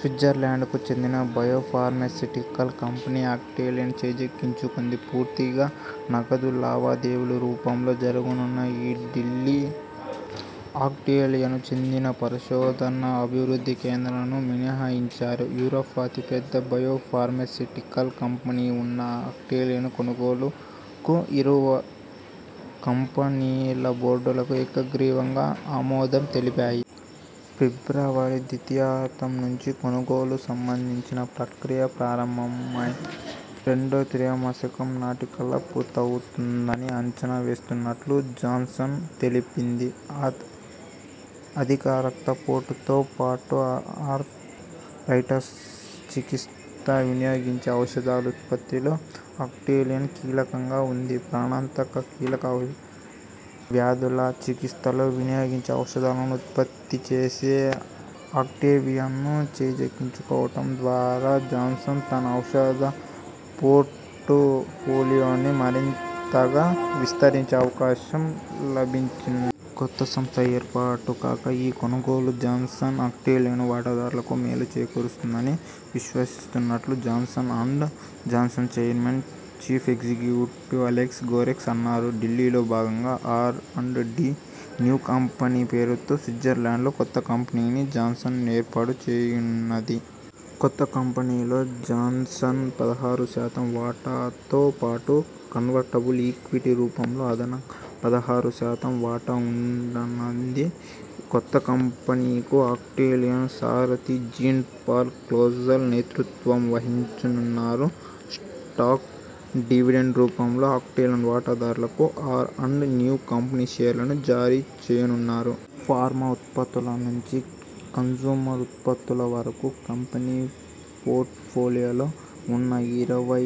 స్విట్జర్లాండ్కు చెందిన biopharmaceutical company Actelion చేజిక్కించుకుంది. పూర్తిగా నగదు లావాదేవీల రూపంలో జరగనున్న ఈ ఢిల్లీ అక్టేలియన్కు చెందిన పరిశోధన, అభివృద్ధి కేంద్రాలను మినహాయించారు. యూరప్ అతిపెద్ద బయో ఫార్మాస్యుటి కల్ కంపెనీగా ఉన్న అక్టేలియన్ కొనుగోలుకు ఇరువ కంపెనీల బోర్డులుకు ఏకగ్రీవంగా ఆమోదం తెలిపాయి. ఫిబ్రవరి ద్వితీయార్థం నుంచి కొనుగోలు సంబంధించిన ప్రక్రియ ప్రారంభమై రెండో త్రైమాసికం నాటికల్లా పూర్తవుతుందని అంచనా వేస్తున్నట్లు జాన్సన్ తెలిపింది. అధిక రక్తపోటుతో పాటు ఆర్థరైటస్ చికిత్సకు వినియోగించే ఔషధాల ఉత్పత్తిలో అక్టేలియన్ కీలకంగా ఉంది. ప్రాణాంతక, కీలక వ్యాధుల చికిత్సలో వినియోగించే ఔషధాలను ఉత్పత్తి చేసే అక్టేవియన్ను చేజిక్కించుకోవటం ద్వారా జాన్సన్ తన ఔషధ పోర్టు ఫోలియోను మరింతగా విస్తరించే అవకాశం లభించను కొత్త సంస్థ ఏర్పాటు కాగా ఈ కొనుగోలు జాన్సన్, అక్టేలియన్ వాటాదారులకు మేలు చేకూరుస్తుందని విశ్వసిస్తున్నట్లు Johnson and Johnson chairman, chief executive Alex Gorsky అన్నారు. డీల్లో భాగంగా R and D new company పేరుతో స్విట్జర్లాండ్లో కొత్త కంపెనీని జాన్సన్ ఏర్పాటు చేయనున్నది. కొత్త కంపెనీలో జాన్సన్స్ పదహారు శాతం వాటాతో పాటు కన్వర్టబుల్ ఈక్విటీ రూపంలో అదనంగా పదహారు శాతం వాటా ఉండనుంది. కొత్త కంపెనీకు అక్టేలియన్ సారథి జీన్ పాల్ క్లోజెల్ నేతృత్వం వహించనున్నారు. స్టాక్ డివిడెండ్ రూపంలో అక్టేలియన్ వాటాదారులకు ఆర్ అండ్ న్యూ కంపెనీ షేర్లను జారీ చేయనున్నారు. ఫార్మా ఉత్పత్తుల నుంచి కన్స్యూమర్ ఉత్పత్తుల వరకు కంపెనీ పోర్టు ఫోలియోలో ఉన్నాయి. ఇరవై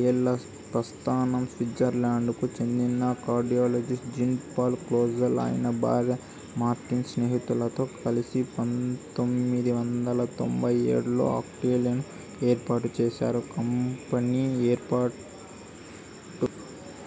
ఏళ్ల ప్రస్థానం స్విట్జర్లాండ్కు చెందిన కార్డియాలజిస్ట్ జీన్ పాల్ క్లోజెల్, ఆయన భార్య మార్టిన్, స్నేహితులతో కలిసి పంతొమ్మిది వందల తొంభై ఏడులో అక్టేలియన్ను ఏర్పాటు చేశారు. కంపెనీ ఏర్పాటు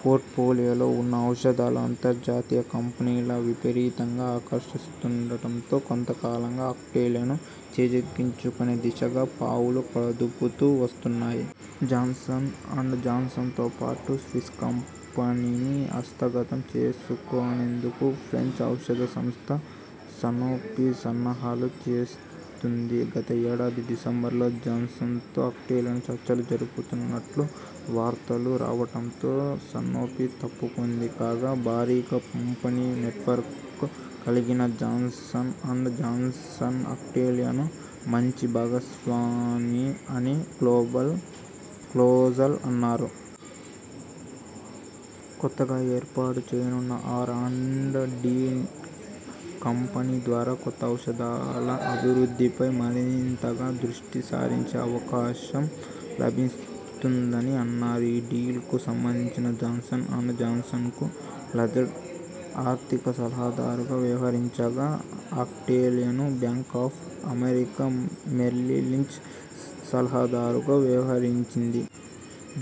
పోర్టు ఫోలియోలో ఉన్న ఔషధాలు అంతర్జాతీయ కంపెనీలు విపరీతంగా ఆకర్షిస్తుండటంతో కొంతకాలంగా అక్టేలియన్ను చేజిక్కించునే దిశగా పావులు కదుపుతూ వస్తున్నాయి. జాన్సన్ అండ్ జాన్సన్తో పాటు స్విస్ కంపెనీని హస్తగతం చేసుకునేందుకు ఫ్రెంచ్ ఔషధ సంస్థ సనోఫి సన్నాహాలు చేస్తుంది. గత ఏడాది డిసెంబరులో జాన్సన్తో అక్టేలియన్ చర్చలు జరుపుతున్నట్లు వార్తలు రావటంతో సనోఫి తప్పుకుంది. కాగా భారీగా పంపిణీ నెట్వర్క్ కలిగిన జాన్సన్ అండ్ జాన్సన్ అక్టేలియన్ మంచి భాగస్వామి అని గ్లోబల్ క్లోజెల్ అన్నారు. కొత్తగా ఏర్పాటు చేయనున్న ఆర్ అండ్ డి కంపెనీ ద్వారా కొత్త ఔషధాల అభివృద్ధిపై మరింతగా దృష్టి సారించే అవకాశం లభిస్తుందని అన్నారు. ఈ డీల్కు సంబంధించి జాన్సన్ అండ్ జాన్సన్కు లజార్డ్ ఆర్థిక సలహాదారుగా వ్యవహరించగా Actelion Bank of America Merrill Lynch సలహాదారుగా వ్యవహరించింది.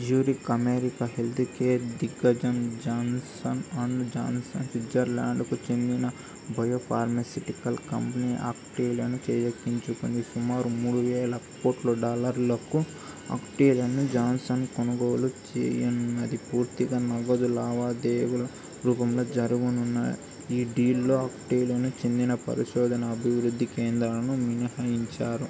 జ్యూరిక్ అమెరికా హెల్త్కేర్ దిగ్గజం జాన్సన్ అండ్ జాన్సన్ స్విట్జర్లాండ్కు చెందిన బయో ఫార్మాసుటికల్ కంపెనీ అక్టేలియన్ చేజిక్కించుకుంది. సుమారు మూడు వేల కోట్ల డాలర్ల కు అక్టేలియన్ను జాన్సన్ కొనుగోలు చేయనున్నది. పూర్తిగా నగదు లావాదేవీల రూపంలో జరగనున్న ఈ డీల్లో అక్టేలియన్కు చెందిన పరిశోధన, అభివృద్ధి కేంద్రాలను మినహాయించారు.